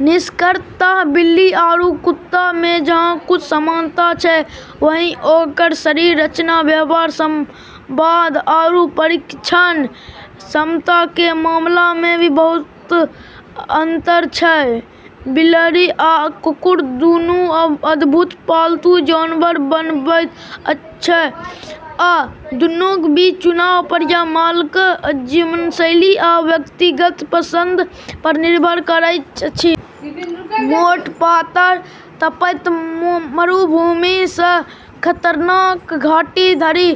निष्कर्षतः, बिल्ली आरू कुत्ता म॑ जहाँ कुछ समानता छै, वहीं ओकरऽ शरीर रचना, व्यवहार, संवाद, आरू प्रशिक्षण क्षमता के मामला म॑ भी बहुत अंतर छै। बिलाड़ि आ कुकुर दुनू अद्भुत पालतू जानवर बनबैत अछि, आ दुनूक बीच चुनाव प्रायः मालिकक जीवनशैली आ व्यक्तिगत पसंद पर निर्भर करैत अछि। मोट-पातर, तपैत मरुभूमि सँ ल' क' खतरनाक घाटी धरि,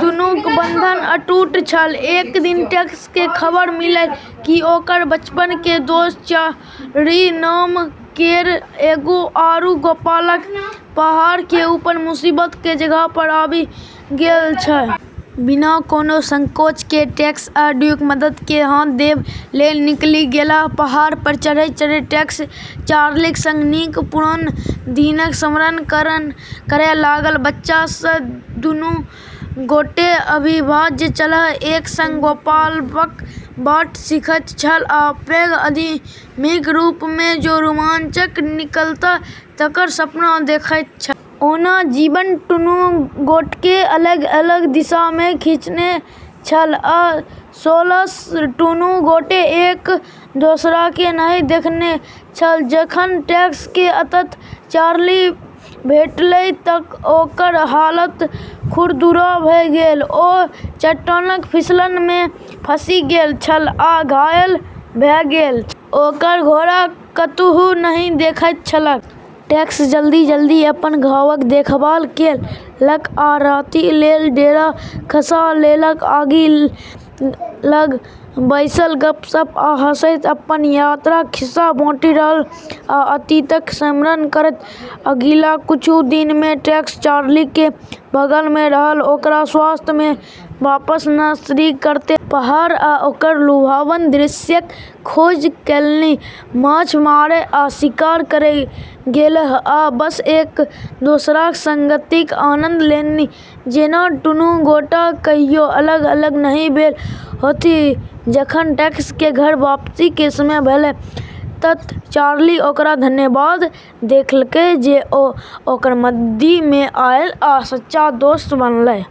दुनूक बंधन अटूट छल. एक दिन टेक्स के खबर मिललै कि ओकरऽ बचपन के दोस्त, चार्ली नाम केरऽ एगो आरू गोपालक, पहाड़ऽ के ऊपर मुसीबत के जगह पर आबी गेलऽ छै। बिना कोनो संकोच के टेक्स आ ड्यूक मदद के हाथ देबय लेल निकलि गेलाह. पहाड़ पर चढ़ैत-चढ़ैत टेक्स चार्लीक संग नीक पुरान दिनक स्मरण करय लागल। बच्चा सॅं दुनू गोटे अविभाज्य छलाह, एक संग गोपालकक बाट सीखैत छलाह आ पैघ आदमीक रूप मे जे रोमांच पर निकलताह तकर सपना देखैत छलाह। ओना जीवन दुनू गोटेकेँ अलग-अलग दिशामे खींचने छल आ सालोंसँ दुनू गोटे एक दोसराकेँ नहि देखने छल। जखन टेक्स के अंततः चार्ली भेटलै त ओकर हालत खुरदुरा भ गेलै। ओ चट्टानक फिसलन मे फँसि गेल छल आ घायल भ' गेल छल, ओकर घोड़ा कतहु नहि देखाइत छलैक। टेक्स जल्दी-जल्दी अपन घावक देखभाल केलक आ राति लेल डेरा खसा लेलक। आगि लग बैसल गप्प-सप्प आ हँसैत अपन यात्राक खिस्सा बाँटि रहल आ अतीतक स्मरण करैत। अगिला किछु दिन मे टेक्स चार्ली के बगल मे रहल, ओकरा स्वास्थ्य मे वापस नर्सिंग करैत रहल। पहाड़ आ ओकर लुभावन दृश्यक खोज केलनि, माछ मारय आ शिकार करय गेलाह, आ बस एक दोसराक संगतिक आनंद लेलनि. जेना दुनू गोटे कहियो अलग-अलग नहि भेल होथि। जखन टेक्स के घर वापसी के समय भेलै त चार्ली ओकरा धन्यवाद देलकै जे ओ ओकर मददि मे आयल आ सच्चा दोस्त बनलै।